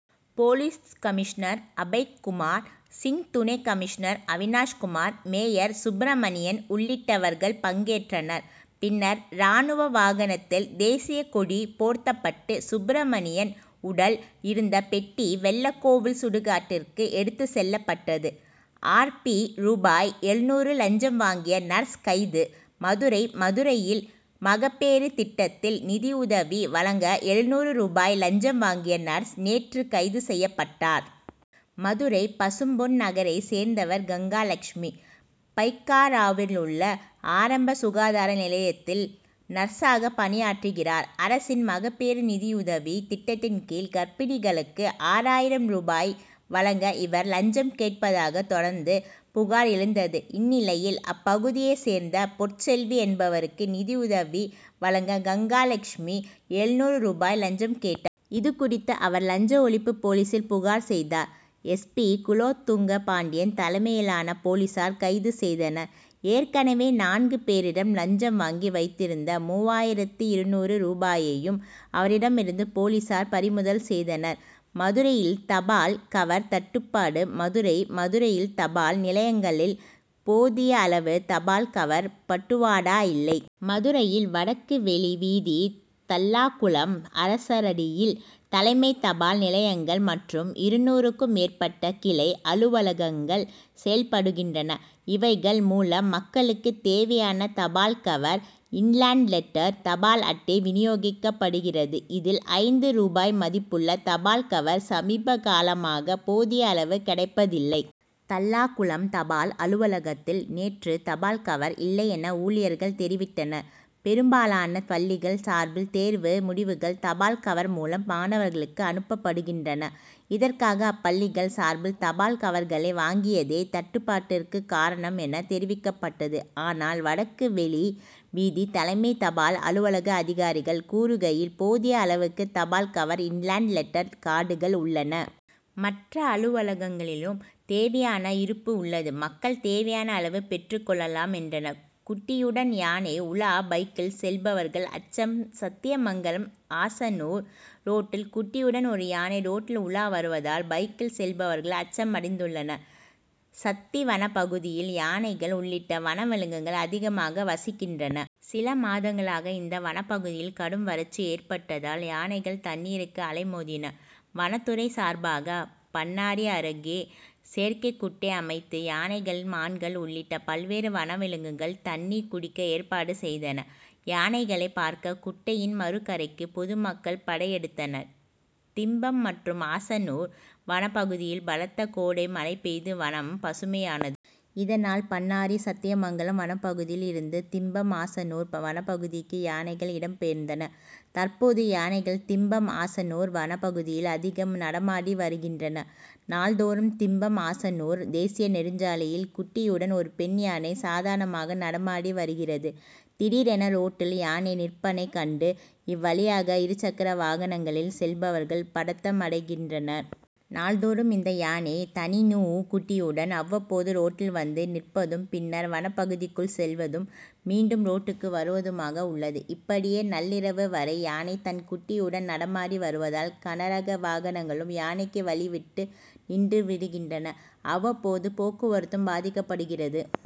Police commissioner Abhaykumar Singh துணை commissioner Avinash Kumar mayor Subramanian உள்ளிட்டவர்கள் பங்கேற்றனர். பின்னர் ராணுவ வாகனத்தில் தேசியக்கொடி போர்த்தப்பட்டு சுப்ரமணியன் உடல் இருந்த பெட்டி வெள்ளக்கோவில் சுடுகாட்டிற்கு எடுத்துச் செல்லப்பட்டது. ஆர். பி. ரூபாய் எழுநூறு லஞ்சம் வாங்கிய நர்ஸ் கைது மதுரை மதுரையில் மகப்பேறு திட்டத்தில் நிதியுதவி வழங்க எழுநூறு ரூபாய் லஞ்சம் வாங்கிய நர்ஸ் நேற்று கைது செய்யப்பட்டார். மதுரை பசும்பொன் நகரை சேர்ந்தவர் கங்காலட்சுமி. பைகாராவிலுள்ள ஆரம்ப சுகாதார நிலையத்தில் நர்ஸாக பணியாற்றுகிறார். அரசின் மகப்பேறு நிதியுதவி திட்டத்தின்கீழ் கர்ப்பிணிகளுக்கு ஆறாயிரம் ரூபாய் வழங்க இவர் லஞ்சம் கேட்பதாக தொடர்ந்து புகார் எழுந்தது. இந்நிலையில் அப்பகுதியை சேர்ந்த பொற்செல்வி என்பவருக்கு நிதியுதவி வழங்க கங்காலட்சுமி எழுநூறு ரூபாய் லஞ்சம் கேட்டார். இதுகுறித்து அவர் லஞ்ச ஒழிப்பு போலீசில் புகார் செய்தார். எஸ். பி. குலோத்துங்க பாண்டியன் தலைமையிலான போலீசார் கைது செய்தனர். ஏற்கனவே நான்கு பேரிடம் லஞ்சம் வாங்கி வைத்திருந்த மூவாயிரத்து இருநூறு ரூபாயையும் அவரிடமிருந்து போலீசார் பறிமுதல் செய்தனர். மதுரையில் தபால் கவர் தட்டுபாடு மதுரை மதுரையில் தபால் நிலையங்களில் போதியளவு தபால் கவர் பட்டுவாடா இல்லை. மதுரையில் வடக்கு வெளி வீதி தல்லாகுளம் அரசரடியில் தலைமை தபால் நிலையங்கள் மற்றும் இருநூறுக்கும் மேற்பட்ட கிளை அலுவலகங்கள் செயல்படுகின்றன. இவைகள் மூலம் மக்களுக்கு தேவையான தபால் கவர் இன்லேண்ட் லெட்டர் தபால் அட்டை வினியோகிக்கப்படுகிறது. இதில் ஐந்து ரூபாய் மதிப்புள்ள தபால் கவர் சமீபகாலமாக போதிய அளவு கெடைப்பதில்லை. தல்லாகுளம் தபால் அலுவலகத்தில் நேற்று தபால் கவர் இல்லை என ஊழியர்கள் தெரிவித்தனர். பெரும்பாலான பள்ளிகள் சார்பில் தேர்வு முடிவுகள் தபால் கவர் மூலம் மாணவர்களுக்கு அனுப்பப்படுகின்றன. இதற்காக அப்பள்ளிகள் சார்பில் தபால் கவர்களை வாங்கியதே தட்டுப்பாட்டிற்கு காரணம் என தெரிவிக்கப்பட்டது. ஆனால் வடக்கு வெளி வீதி தலைமை தபால் அலுவலக அதிகாரிகள் கூறுகையில் போதிய அளவுக்கு தபால் கவர் இன்லேண்ட் லெட்டர் கார்டுகள் உள்ளன. மற்ற அலுவலகங்களிலும் தேவையான இருப்பு உள்ளது. மக்கள் தேவையான அளவு பெற்று கொள்ளலாம் என்றனர். குட்டியுடன் யானை உலா பைக்கில் செல்பவர்கள் அச்சம் சத்தியமங்கலம் ஆசனூர் ரோட்டில் குட்டியுடன் ஒரு யானை ரோட்டில் உலா வருவதால் பைக்கில் செல்பவர்கள் அச்சமடைந்துள்ளனர். சத்தி வனப்பகுதியில் யானைகள் உள்ளிட்ட வனவிலங்குகள் அதிகமாக வசிக்கின்றன. சில மாதங்களாக இந்த வனப்பகுதியில் கடும் வறட்சி ஏற்பட்டதால் யானைகள் தண்ணீருக்கு அலைமோதின. வனத்துறை சார்பாக பண்ணாரி அருகே செயற்கை குட்டை அமைத்து யானைகள் மான்கள் உள்ளிட்ட பல்வேறு வனவிலங்குகள் தண்ணீர் குடிக்க ஏற்பாடு செய்தனர். யானைகளை பார்க்க குட்டையின் மறுகரைக்கு பொதுமக்கள் படையெடுத்தனர். திம்பம் மற்றும் ஆசனூர் வனப்பகுதியில் பலத்த கோடை மழை பெய்து வனம் பசுமையானது. இதனால் பண்ணாரி சத்தியமங்கலம் வனப்பகுதியில் இருந்து திம்பம் ஆசனூர் வனப்பகுதிக்கு யானைகள் இடம் பெயர்ந்தன. தற்போது யானைகள் திம்பம் ஆசனூர் வனப்பகுதியில் அதிகம் நடமாடி வருகின்றன. நாள்தோறும் திம்பம் ஆசனூர் தேசிய நெடுஞ்சாலையில் குட்டியுடன் ஒரு பெண் யானை சாதாரணமாக நடமாடி வருகிறது. திடீரென ரோட்டில் யானை நிற்பனைக் கண்டு இவ்வழியாக இருசக்கர வாகனங்களில் செல்பவர்கள் பதட்டமடைகின்றனர். நாள்தோறும் இந்த யானை தணீஞூ குட்டியுடன் அவ்வப்போது ரோட்டில் வந்து நிற்பதும் பின்னர் வனப்பகுதிக்குள் செல்வதும் மீண்டும் ரோட்டுக்கு வருவதுமாக உள்ளது. இப்படியே நள்ளிரவு வரை யானை தன் குட்டியுடன் நடமாடி வருவதால் கன ரக வாகனங்களும் யானைக்கு வழிவிட்டு நின்று விடுகின்றன. அவ்வப்போது போக்குவரத்தும் பாதிக்கப்படுகிறது.